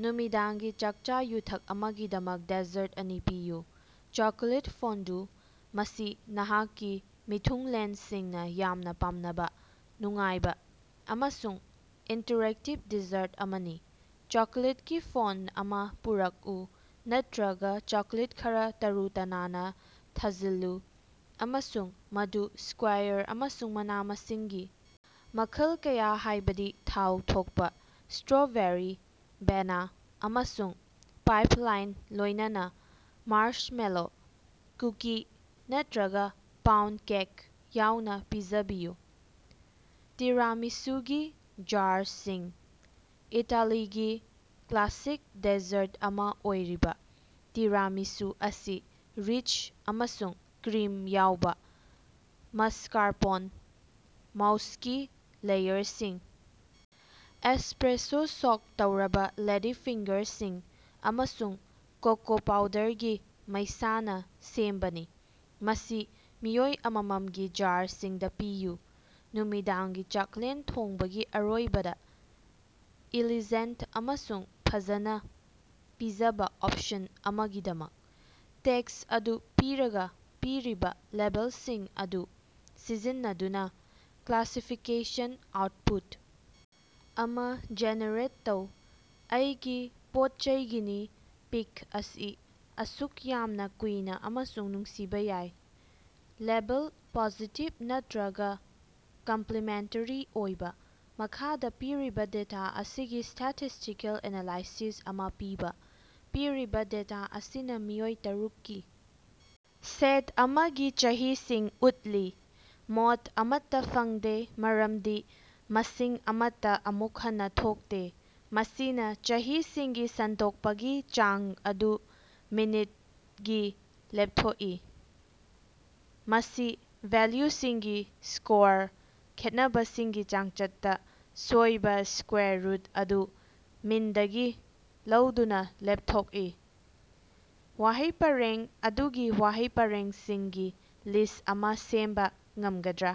ꯅꯨꯃꯤꯗꯥꯡꯒꯤ ꯆꯥꯛꯆꯥ-ꯌꯨꯊꯛ ꯑꯃꯒꯤꯗꯃꯛ ꯗꯦꯖꯔꯠ ꯑꯅꯤ ꯄꯤꯌꯨ꯫ ꯆꯣꯀꯣꯂꯦꯠ ꯐꯣꯟꯗꯨ: ꯃꯁꯤ ꯅꯍꯥꯛꯀꯤ ꯃꯤꯊꯨꯡꯂꯦꯟꯁꯤꯡꯅ ꯌꯥꯝꯅ ꯄꯥꯝꯅꯕ ꯅꯨꯡꯉꯥꯏꯕ ꯑꯃꯁꯨꯡ ꯏꯟꯇꯔꯦꯛꯇꯤꯕ ꯗꯦꯖꯔꯠ ꯑꯃꯅꯤ꯫ ꯆꯣꯀꯣꯂꯦꯠꯀꯤ ꯐꯣꯟꯠ ꯑꯃ ꯄꯨꯔꯛꯎ ꯅꯠꯇ꯭ꯔꯒ ꯆꯣꯀꯣꯂꯦꯠ ꯈꯔꯥ ꯇꯔꯨ ꯇꯅꯥꯟꯅ ꯊꯖꯤꯜꯂꯨ ꯑꯃꯁꯨꯡ ꯃꯗꯨ ꯁ꯭ꯀꯦꯋꯔ ꯑꯃꯁꯨꯡ ꯃꯅꯥ-ꯃꯁꯤꯡꯒꯤ ꯃꯈꯜ ꯀꯌ, ꯍꯥꯏꯕꯗꯤ ꯊꯥꯎ ꯊꯣꯛꯄ ꯁ꯭ꯇꯔꯣꯕꯦꯔꯤ, ꯕꯦꯅꯥ, ꯑꯃꯁꯨꯡ ꯄꯥꯏꯞꯂꯥꯏꯟ, ꯂꯣꯏꯅꯅ ꯃꯥꯔꯁꯃꯦꯂꯣ, ꯀꯨꯀꯤ ꯅꯠꯇꯔꯒ ꯄꯥꯎꯟꯗ ꯀꯦꯛ ꯌꯥꯎꯅ ꯄꯤꯖꯕꯤꯌꯨ꯫ ꯇꯤꯔꯥꯃꯤꯁꯨꯒꯤ ꯖꯥꯔꯁꯁꯤꯡ: ꯏꯇꯥꯂꯤꯒꯤ ꯀ꯭ꯂꯥꯁꯤꯛ ꯗꯦꯖꯔꯠ ꯑꯃ ꯑꯣꯏꯔꯤꯕ ꯇꯤꯔꯥꯃꯤꯁꯨ ꯑꯁꯤ ꯔꯤꯆ ꯑꯃꯁꯨꯡ ꯀ꯭ꯔꯤꯝ ꯌꯥꯎꯕ ꯃꯁꯀꯥꯔꯄꯣꯟ ꯃꯎꯁꯀꯤ ꯂꯦꯌꯔꯁꯤꯡ, ꯑꯦꯁꯄ꯭ꯔꯦꯁꯣ ꯁꯣꯛ ꯇꯧꯔꯕ ꯂꯦꯗꯤꯐꯤꯡꯒꯔꯁꯤꯡ, ꯑꯃꯁꯨꯡ ꯀꯣꯀꯣ ꯄꯥꯎꯗꯔꯒꯤ ꯃꯩꯁꯥꯅ ꯁꯦꯝꯕꯅꯤ꯫ ꯃꯁꯤ ꯃꯤꯑꯣꯏ ꯑꯃꯃꯝꯒꯤ ꯖꯥꯔꯁꯤꯡꯗ ꯄꯤꯌꯨ, ꯅꯨꯃꯤꯗꯥꯡꯒꯤ ꯆꯥꯛꯂꯦꯟ ꯊꯣꯡꯕꯒꯤ ꯑꯔꯣꯏꯕꯗ ꯏꯂꯤꯖꯦꯟꯠ ꯑꯃꯁꯨꯡ ꯐꯖꯅ ꯄꯤꯖꯕ ꯑꯣꯄꯁꯟ ꯑꯃꯒꯤꯗꯃꯛ꯫ ꯇꯦꯛꯁ ꯑꯗꯨ ꯄꯤꯔꯒ, ꯄꯤꯔꯤꯕ ꯂꯦꯕꯦꯜꯁꯤꯡ ꯑꯗꯨ ꯁꯤꯖꯤꯟꯅꯗꯨꯅ ꯀ꯭ꯂꯥꯁꯤꯐꯤꯀꯦꯁꯟ ꯑꯥꯎꯠꯄꯨꯠ ꯑꯃ ꯖꯦꯅꯦꯔꯦꯠ ꯇꯧ꯫ ꯑꯩꯒꯤ ꯄꯣꯠꯆꯩ ꯒꯤꯅꯤ ꯄꯤꯒ ꯑꯁꯤ ꯑꯁꯨꯛ ꯌꯥꯝꯅ ꯀꯨꯏꯅ ꯑꯃꯁꯨꯡ ꯅꯨꯡꯁꯤꯕ ꯌꯥꯏ꯫ ꯂꯦꯕꯦꯜ: ꯄꯣꯖꯤꯇꯤꯕ ꯅꯥꯠꯇ꯭ꯔꯒ ꯀꯝꯄ꯭ꯂꯤꯃꯦꯟꯇꯔꯤ ꯑꯣꯏꯕ꯫ ꯃꯈꯥꯗ ꯄꯤꯔꯤꯕ ꯗꯦꯇꯥ ꯑꯁꯤꯒꯤ ꯁ꯭ꯇꯦꯇꯤꯁ꯭ꯇꯤꯀꯦꯜ ꯑꯦꯅꯥꯂꯥꯏꯁꯤꯁ ꯑꯃ ꯄꯤꯕ꯫ ꯄꯤꯔꯤꯕ ꯗꯦꯇꯥ ꯑꯁꯤꯅ ꯃꯤꯑꯣꯏ ꯇꯔꯨꯛ ꯀꯤ ꯁꯦꯠ ꯑꯃꯒꯤ ꯆꯍꯤꯁꯤꯡ ꯎꯠꯂꯤ꯫ ꯃꯣꯗ: ꯑꯃꯠꯇ ꯐꯪꯗꯦ, ꯃꯔꯝꯗꯤ ꯃꯁꯤꯡ ꯑꯃꯠꯇ ꯑꯃꯨꯛ ꯍꯟꯅ ꯊꯣꯛꯇꯦ꯫ ꯃꯁꯤꯅ ꯆꯍꯤꯁꯤꯡꯒꯤ ꯁꯟꯗꯣꯛꯄꯒꯤ ꯆꯥꯡ ꯑꯗꯨ ꯃꯤꯅꯗꯒꯤ ꯂꯦꯞꯊꯣꯛꯏ꯫ ꯃꯁꯤ ꯚꯦꯂ꯭ꯌꯨꯁꯤꯡꯒꯤ ꯁ꯭ꯀꯣꯌꯔ ꯈꯦꯠꯅꯕꯁꯤꯡꯒꯤ ꯆꯥꯡꯆꯠꯇ ꯑꯣꯏꯕ ꯁ꯭ꯀꯋꯦꯔ ꯔꯨꯠ ꯑꯗꯨ ꯃꯤꯟꯗꯒꯤ ꯂꯧꯗꯨꯅ ꯂꯦꯞꯊꯣꯛꯏ꯫ ꯋꯥꯍꯩ ꯄꯔꯦꯡ ꯑꯗꯨꯗꯒꯤ ꯋꯥꯍꯩ ꯄꯔꯦꯡꯁꯤꯡꯒꯤ ꯂꯤꯁ ꯑꯃ ꯁꯦꯝꯕ ꯉꯝꯒꯗ꯭ꯔꯥ?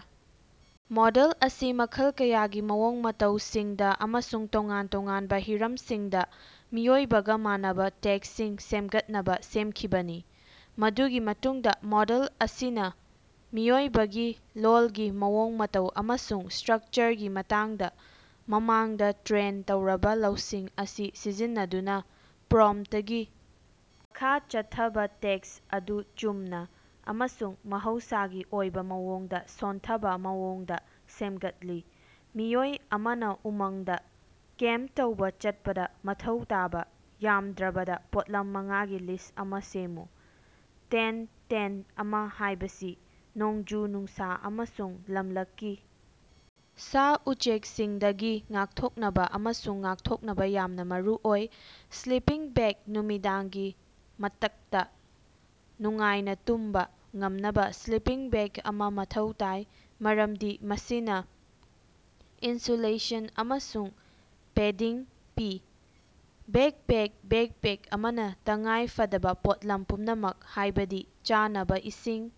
ꯃꯣꯗꯦꯜ ꯑꯁꯤ ꯃꯈꯜ ꯀꯌꯥꯒꯤ ꯃꯑꯣꯡ ꯃꯇꯧꯁꯤꯡꯗ ꯑꯃꯁꯨꯡ ꯇꯣꯉꯥꯟ ꯇꯣꯉꯥꯟꯕ ꯍꯤꯔꯝꯁꯤꯡꯗ ꯃꯤꯑꯣꯏꯕꯒ ꯃꯥꯟꯅꯕ ꯇꯦꯛꯁꯁꯤꯡ ꯁꯦꯝꯒꯠꯅꯕ ꯁꯦꯝꯈꯤꯕꯅꯤ꯫ ꯃꯗꯨꯒꯤ ꯃꯇꯨꯡꯗ ꯃꯣꯗꯦꯜ ꯑꯁꯤꯅ ꯃꯤꯑꯣꯏꯕꯒꯤ ꯂꯣꯜꯒꯤ ꯃꯑꯣꯡ ꯃꯇꯧ ꯑꯃꯁꯨꯡ ꯁ꯭ꯇꯔꯛꯆꯔꯒꯤ ꯃꯇꯥꯡꯗ ꯃꯃꯥꯡꯗ ꯇ꯭ꯔꯦꯟ ꯇꯧꯔꯕ ꯂꯧꯁꯤꯡ ꯑꯁꯤ ꯁꯤꯖꯤꯟꯅꯗꯨꯅ ꯄ꯭ꯔꯣꯝꯞꯇꯒꯤ ꯃꯈꯥ ꯆꯠꯊꯕ ꯇꯦꯛꯁ ꯑꯗꯨ ꯆꯨꯝꯅ ꯑꯃꯁꯨꯡ ꯃꯍꯧꯁꯥꯒꯤ ꯑꯣꯏꯕ ꯃꯑꯣꯡꯗ ꯁꯣꯟꯊꯕ ꯃꯑꯣꯡꯗ ꯁꯦꯝꯒꯠꯂꯤ꯫ ꯃꯤꯑꯣꯏ ꯑꯃꯅ ꯎꯃꯪꯗ ꯀꯦꯝꯞ ꯇꯧꯕ ꯆꯠꯄꯗ ꯃꯊꯧ ꯇꯥꯕ ꯌꯥꯝꯗ꯭ꯔꯕꯗ ꯄꯣꯠꯂꯝ ꯃꯉꯥꯒꯤ ꯂꯤꯁ ꯑꯃ ꯁꯦꯝꯃꯨ꯫ ꯇꯦꯟꯠ: ꯇꯦꯟꯠ ꯑꯃ ꯍꯥꯏꯕꯁꯤ ꯅꯣꯡꯖꯨ-ꯅꯨꯡꯁ ꯑꯃꯁꯨꯡ ꯂꯝꯂꯛꯀꯤ ꯁꯥ-ꯎꯆꯦꯛꯁꯤꯡꯗꯒꯤ ꯉꯥꯛꯊꯣꯛꯅꯕ ꯑꯃꯁꯨꯡ ꯉꯥꯛꯊꯣꯛꯅꯕ ꯌꯥꯝꯅ ꯃꯔꯨꯑꯣꯏ꯫ ꯁ꯭ꯂꯤꯄꯤꯡ ꯕꯦꯒ: ꯅꯨꯃꯤꯗꯥꯡꯒꯤ ꯃꯇꯛꯗ ꯅꯨꯡꯉꯥꯏꯅ ꯇꯨꯝꯕ ꯉꯝꯅꯕ ꯁ꯭ꯂꯤꯄꯤꯡ ꯕꯦꯒ ꯑꯃ ꯃꯊꯧ ꯇꯥꯏ, ꯃꯔꯝꯗꯤ ꯃꯁꯤꯅ ꯏꯟꯁꯨꯂꯦꯁꯟ ꯑꯃꯁꯨꯡ ꯄꯦꯗꯤꯡ ꯄꯤ꯫ ꯕꯦꯛꯄꯦꯛ: ꯕꯦꯛꯄꯦꯛ ꯑꯃꯅ ꯇꯉꯥꯏꯐꯗꯕ ꯄꯣꯠꯂꯝ ꯄꯨꯝꯅꯃꯛ, ꯍꯥꯏꯕꯗꯤ ꯆꯥꯅꯕ, ꯏꯁꯤꯡ,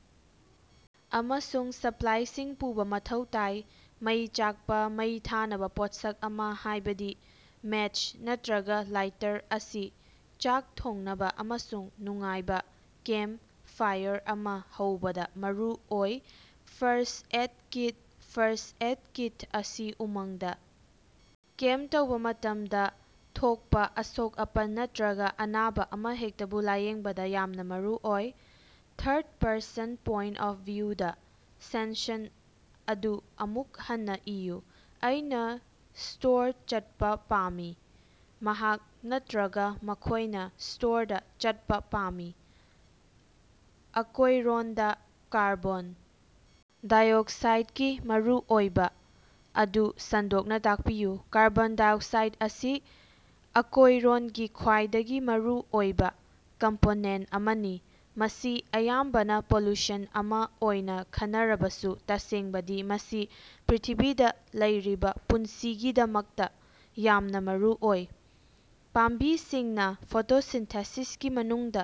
ꯑꯃꯁꯨꯡ ꯁꯄ꯭ꯂꯥꯏꯁꯤꯡ ꯄꯨꯕ ꯃꯊꯧ ꯇꯥꯏ꯫ ꯃꯩ ꯆꯥꯛꯄ: ꯃꯩ ꯊꯥꯅꯕ ꯄꯣꯠꯁꯛ ꯑꯃ, ꯍꯥꯏꯕꯗꯤ ꯃꯦꯆ ꯅꯠꯇ꯭ꯔꯒ ꯂꯥꯏꯇꯔ ꯑꯁꯤ ꯆꯥꯛ ꯊꯣꯡꯅꯕ ꯑꯃꯁꯨꯡ ꯅꯨꯡꯉꯥꯏꯅꯕ ꯀꯦꯝꯞ ꯐꯥꯏꯑꯔ ꯑꯃ ꯍꯧꯕꯗ ꯃꯔꯨꯑꯣꯏ first aid kit: first aid kit ꯑꯁꯤ ꯎꯃꯪꯗ ꯀꯦꯝꯞ ꯇꯧꯕ ꯃꯇꯝꯗ ꯊꯣꯛꯄ ꯑꯁꯣꯛ-ꯑꯄꯟ ꯅꯠꯇ꯭ꯔꯒ ꯑꯅꯥꯕ ꯑꯃꯍꯦꯛꯇꯕꯨ ꯂꯥꯌꯦꯡꯕꯗ ꯌꯥꯝꯅ ꯃꯔꯨꯑꯣꯏ꯫ ꯊꯥꯔꯗ ꯄꯔꯁꯟ ꯄꯣꯏꯟꯠ ꯑꯣꯐ ꯚꯤꯎꯗ ꯁꯦꯟꯁꯟ ꯑꯗꯨ ꯑꯃꯨꯛ ꯍꯟꯅ ꯏꯌꯨ꯫ ꯑꯩꯅ ꯁ꯭ꯇꯣꯔꯗ ꯆꯠꯄ ꯄꯥꯝꯃꯤ꯫ ꯃꯍꯥꯛ ꯅꯠꯇ꯭ꯔꯒ ꯃꯈꯣꯏꯅ ꯁ꯭ꯇꯣꯔꯗ ꯆꯠꯄ ꯄꯥꯝꯃꯤ꯫ ꯑꯀꯣꯌꯔꯣꯟꯗ ꯀꯥꯔꯕꯣꯟ ꯗꯥꯏꯑꯣꯛꯁꯥꯏꯗꯀꯤ ꯃꯔꯨꯑꯣꯏꯕ ꯑꯗꯨ ꯁꯟꯗꯣꯛꯅ ꯇꯥꯛꯄꯤꯌꯨ꯫ ꯀꯥꯔꯕꯣꯟ ꯗꯥꯏꯑꯣꯛꯁꯥꯏꯗ ꯑꯁꯤ ꯑꯀꯣꯌꯔꯣꯟꯒꯤ ꯈ꯭ꯋꯥꯏꯗꯒꯤ ꯃꯔꯨꯑꯣꯏꯕ ꯀꯝꯄꯣꯅꯦꯟꯠ ꯑꯃꯅꯤ꯫ ꯃꯁꯤ ꯑꯌꯥꯝꯕꯅ ꯄꯣꯂꯨꯁꯟ ꯑꯃ ꯑꯣꯏꯅ ꯈꯟꯅꯔꯕꯁꯨ, ꯇꯁꯦꯡꯕꯗꯤ ꯃꯁꯤ ꯄ꯭ꯔꯤꯊꯤꯕꯤꯗ ꯂꯩꯔꯤꯕ ꯄꯨꯟꯁꯤꯒꯤꯗꯃꯛꯇ ꯌꯥꯝꯅ ꯃꯔꯨꯑꯣꯏ꯫ ꯄꯥꯝꯕꯤꯁꯤꯡꯅ ꯐꯣꯇꯣꯁꯤꯟꯊꯦꯁꯤꯁꯀꯤ ꯃꯅꯨꯡꯗ꯫